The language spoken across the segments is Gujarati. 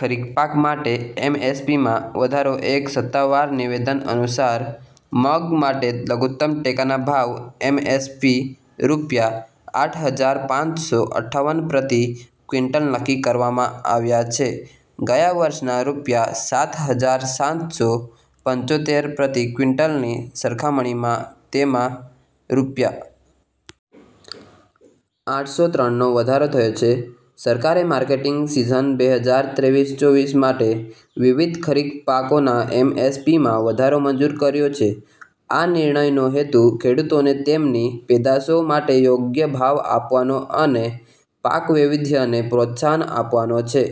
ખરીફ પાક માટે એમએસપીમાં વધારો એક સત્તાવાર નિવેદન અનુસાર, મગ માટે લઘુત્તમ ટેકાના ભાવ (એમએસપી) રૂપિયા આઠ હજાર પાંચસો અઠ્ઠાવનપ્રતિ ક્વિન્ટલ નક્કી કરવામાં આવ્યા છે. ગયા વર્ષના રૂપિયા સાત હજાર સાતસો પંચોતેર પ્રતિ ક્વિન્ટલની સરખામણીમાં તેમાં રૂ. આઠસો ત્રણનો વધારો થયો છે. સરકારે માર્કેટિંગ સીઝન બેહજાર ત્રેવીસ-ચોવીસ માટે વિવિધ ખરીફ પાકોના એમએસપીમાં વધારો મંજૂર કર્યો છે. આ નિર્ણયનો હેતુ ખેડૂતોને તેમની પેદાશો માટે યોગ્ય ભાવ આપવાનો અને પાક વૈવિધ્યકરણને પ્રોત્સાહન આપવાનો છે.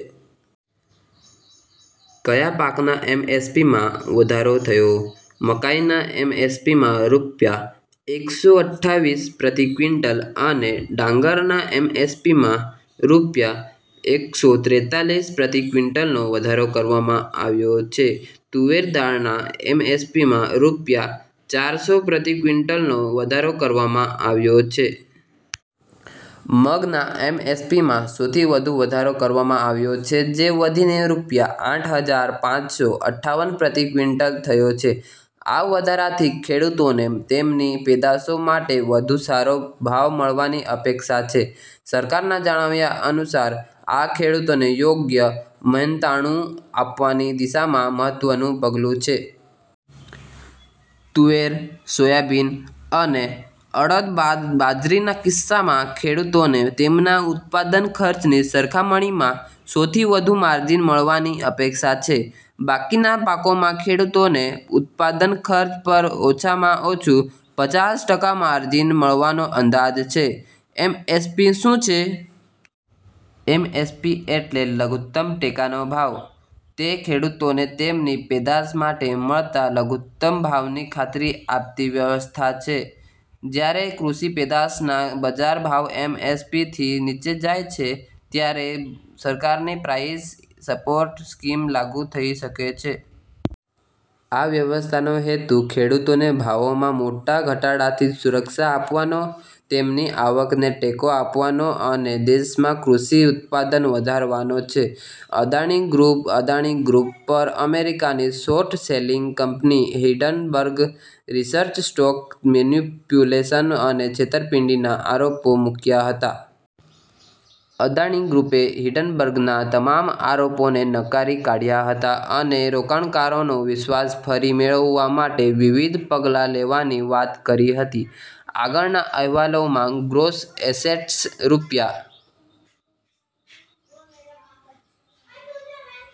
કયા પાકના એમએસપીમાં વધારો થયો? મકાઈના એમએસપીમાં રૂપિયા એકસો અઠ્ઠાવીસ પ્રતિ ક્વિન્ટલ અને ડાંગરના એમએસપીમાં રૂપિયા "એકસો ત્રેતાલીસ પ્રતિ ક્વિન્ટલનો વધારો કરવામાં આવ્યો છે. તુવેર દાળના એમએસપીમાં રૂપિયા ચારસો પ્રતિ ક્વિન્ટલનો વધારો કરવામાં આવ્યો છે. મગના એમએસપીમાં સૌથી વધુ વધારો કરવામાં આવ્યો છે, જે વધીને રૂપિયા આઠ હજાર પાંચસો અઠાવન પ્રતિ ક્વિન્ટલ થયો છે. આ વધારાથી ખેડૂતોને તેમની પેદાશો માટે વધુ સારો ભાવ મળવાની અપેક્ષા છે. સરકારના જણાવ્યા અનુસાર, આ ખેડૂતોને યોગ્ય મહેનતાણું આપવાની દિશામાં મહત્વનું પગલું છે. તુવેર, સોયાબીન અને અડદ બાદ બાજરીના કિસ્સામાં ખેડૂતોને તેમના ઉત્પાદન ખર્ચની સરખામણીમાં સૌથી વધુ માર્જિન મળવાની અપેક્ષા છે. બાકીના પાકોમાં ખેડૂતોને ઉત્પાદન ખર્ચ પર ઓછામાં ઓછું પચાસ ટકા માર્જિન મળવાનો અંદાજ છે. એમએસપી શું છે? એમએસપી એટલે લઘુત્તમ ટેકાનો ભાવ. તે ખેડૂતોને તેમની પેદાશ માટે મળતા લઘુત્તમ ભાવની ખાતરી આપતી વ્યવસ્થા છે. જ્યારે કૃષિ પેદાશોના બજાર ભાવએમએસપીથી નીચે જાય છે, ત્યારે સરકારની પ્રાઇસ સપોર્ટ સ્કીમ લાગુ થઈ શકે છે. આ વ્યવસ્થાનો હેતુ ખેડૂતોને ભાવમાં મોટા ઘટાડાથી સુરક્ષા આપવાનો, તેમની આવકને ટેકો આપવાનો અને દેશમાં કૃષિ ઉત્પાદન વધારવાનો છે. અદાણી ગ્રૂપ અદાણી ગ્રૂપ પર અમેરિકાની શોર્ટ-સેલિંગ કંપની હિંડનબર્ગ રિસર્ચે સ્ટોક મેનીપ્યુલેશન અને છેતરપિંડીના આરોપો મૂક્યા હતા. અદાણી ગ્રૂપે હિંડનબર્ગના તમામ આરોપોને નકારી કાઢ્યા હતા અને રોકાણકારોનો વિશ્વાસ ફરી મેળવવા માટે વિવિધ પગલાં લેવાની વાત કરી હતી. આગળના અહેવાલમાં ગ્રોસ એસેટ્સ રૂપિયા